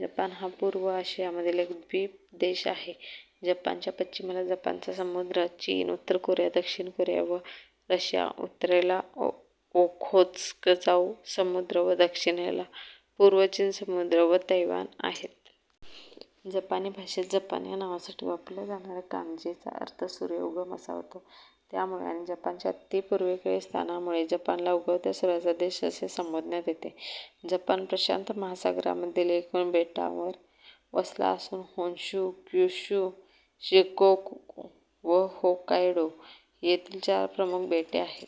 Japan हा पूर्व आशियामधील एक द्वीप-देश आहे. जपानच्या पश्चिमेला जपानचा समुद्र, चीन, उत्तर कोरिया, दक्षिण कोरिया व रशिया, उत्तरेला ओखोत्स्कचा समुद्र व दक्षिणेला पूर्व चीन समुद्र व तैवान आहेत. जपानी भाषेत "जपान" या नावासाठी वापरल्या जाणाऱ्या कांजीचा अर्थ "सूर्य उगम" असा होतो. त्यामुळे आणि जपानच्या अतिपूर्वेकडील स्थानामुळे जपानला उगवत्या सूर्याचा देश असे संबोधण्यात येते. जपान प्रशांत महासागरामधील एकूण बेटांवर वसला असून होन्शू, क्युशू, शिकोकू व होक्कायडो ही येथील चार प्रमुख बेटे आहेत.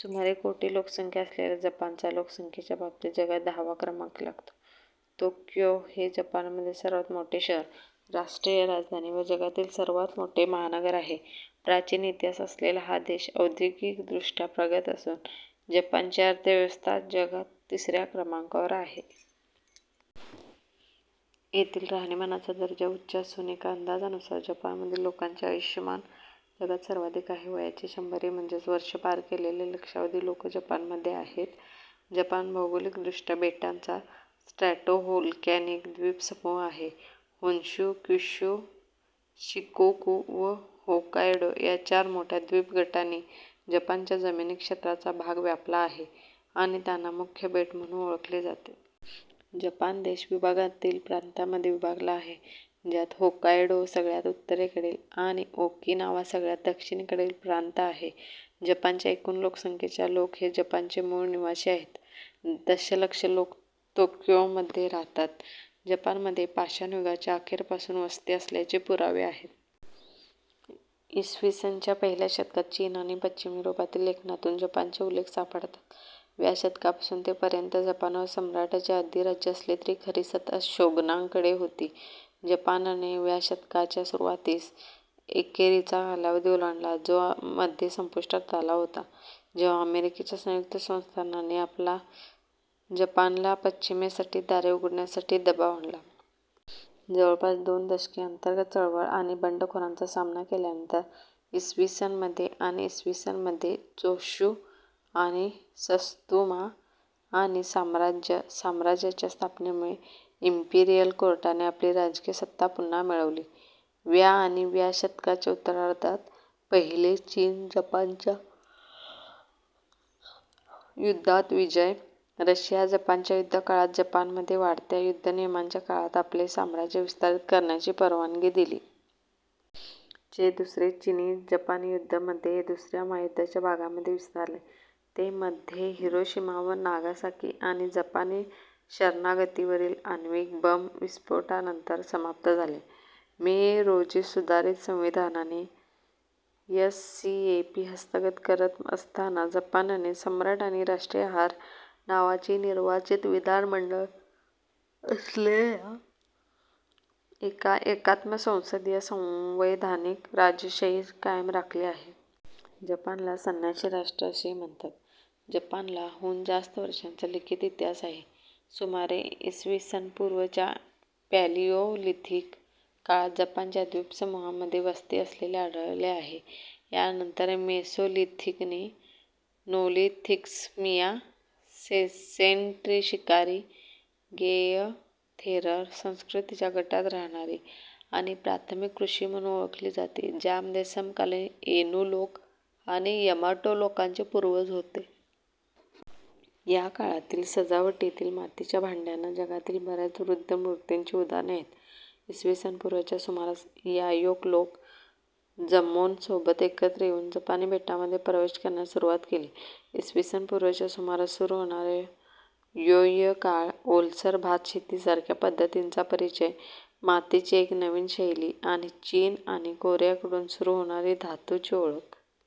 सुमारे कोटी लोकसंख्या असलेल्या जपानचा लोकसंख्येच्या बाबतीत जगात दहावा क्रमांक लागतो. तोक्यो हे जपानमधील सर्वात मोठे शहर, राष्ट्रीय राजधानी व जगातील सर्वात मोठे महानगर आहे. प्राचीन इतिहास असलेला हा देश औद्योगिकदृष्ट्या प्रगत असून जपानची अर्थव्यवस्था जगात तिसऱ्या क्रमांकावर आहे. येथील राहणीमानाचा दर्जा उच्च असून एका अंदाजानुसार जपानमधील लोकांचे आयुष्यमान जगात सर्वाधिक आहे. वयाची शंभरी म्हणजेच वर्ष पार केलेले लक्षावधी लोकं जपानमध्ये आहेत. जपान भौगोलिकदृष्ट्या बेटांचा स्ट्रॅटोव्होल्कॅनिक द्वीपसमूह आहे. होन्शू, क्युशू, शिकोकू व होक्कायडो या चार मोठ्या द्वीपगटांनी जपानच्या जमीनी क्षेत्राचा भाग व्यापला आहे आणि त्यांना मुख्य बेट म्हणून ओळखले जाते. जपान देश विभागांतील प्रांतांमधे विभागला आहे, ज्यात होक्कायडो सगळ्यात उत्तरेकडील, आणि ओकिनावा सगळ्यात दक्षिणेकडील प्रांत आहे. जपानच्या एकूण लोकसंख्येच्या लोक हे जपानचे मूळ निवासी आहेत. दशलक्ष लोक तोक्योमध्ये राहतात. जपानमध्ये पाषाण युगाच्या अखेरपासून वस्ती असल्याचे पुरावे आहेत. इ. स. च्या पहिल्या शतकात चीन आणि पश्चिम युरोपातील लेखनातून जपानचे उल्लेख सापडतात. व्या शतकापासून ते पर्यंत जपानवर सम्राटाचे अधिराज्य असले तरी खरी सत्ता शोगनांकडे होती. जपानने व्या शतकाच्या सुरुवातीस एकेरीचा कालावधी ओलांडला जो मध्ये संपुष्टात आला होता जेव्हा अमेरिकेच्या संयुक्त संस्थानाने जपानला पश्चिमेसाठी दारे उघडण्यासाठी दबाव आणला. जवळपास दोन दशके अंतर्गत चळवळ आणि बंडखोरांचा सामना केल्यानंतर, इ. स. मध्ये आणि इ. स. मध्ये चोशु आणि सत्सुमा-आणि साम्राज्य साम्राज्याच्या स्थापनेमुळे इम्पीरियल कोर्टाने आपली राजकीय सत्ता पुन्हा मिळवली. व्या आणि व्या शतकाच्या उत्तरार्धात, पहिले चीन -जपानच्या युद्धांत विजय, रशिया-जपानच्या युद्धकाळात जपानमध्ये वाढत्या युद्धनियमांच्या काळात आपले साम्राज्य विस्तारित करण्याची परवानगी दिली. चे दुसरे चीनी-जपानी युद्ध मध्ये दुसऱ्या महायुद्धाच्या भागामध्ये विस्तारले, ते मध्ये हिरोशिमा व नागासाकी आणि जपानी शरणागतीवरील आण्विक बम-विस्फोटानंतर समाप्त झाले. मे रोजी सुधारित संविधानाने एससीएपी हस्तगत करत असताना, जपानने सम्राट आणि राष्ट्रीय आहार नावाची निर्वाचित विधानमंडळ असलेल्या एका एकात्म संसदीय संवैधानिक राजेशाही कायम राखली आहे. जपानला संन्यासीराष्ट्र असेही म्हणतात. जपानला, हून जास्त वर्षांचा लिखित इतिहास आहे. सुमारे इ. स. पू. च्या पॅलियोलिथिक काळात जपानच्या द्वीपसमूहांमध्ये वस्ती असलेले आढळलेआहे. यानंतर मेसोलिथिकने नोलिथिक्समिया-सेसेन्ट्री शिकारी-गेएथेरर संस्कृतीच्या गटात राहणारी आणि प्राथमिक कृषी म्हणून ओळखली जाते, ज्यामध्ये समकालीन एनु लोक आणि यमाटो लोकांचे पूर्वज होते. या काळातील सजावटीतील मातीच्या भांड्यांना जगातील बऱ्याच वृद्ध मूर्तींची उदाहरणे आहेत. इ. स. पू. च्या सुमारास, यायोक लोक जम्मोनसोबत एकत्र येऊन जपानी बेटांमध्ये प्रवेश करण्यास सुरुवात केली. इ. स. पू. च्या सुमारास सुरू होणारा य्योय काळ, ओलसर भातशेतीसारख्या पद्धतींचा परिचय, मातीची एक नवीन शैली आणि चीन आणि कोरियाकडून सुरू होणारी धातूची ओळख.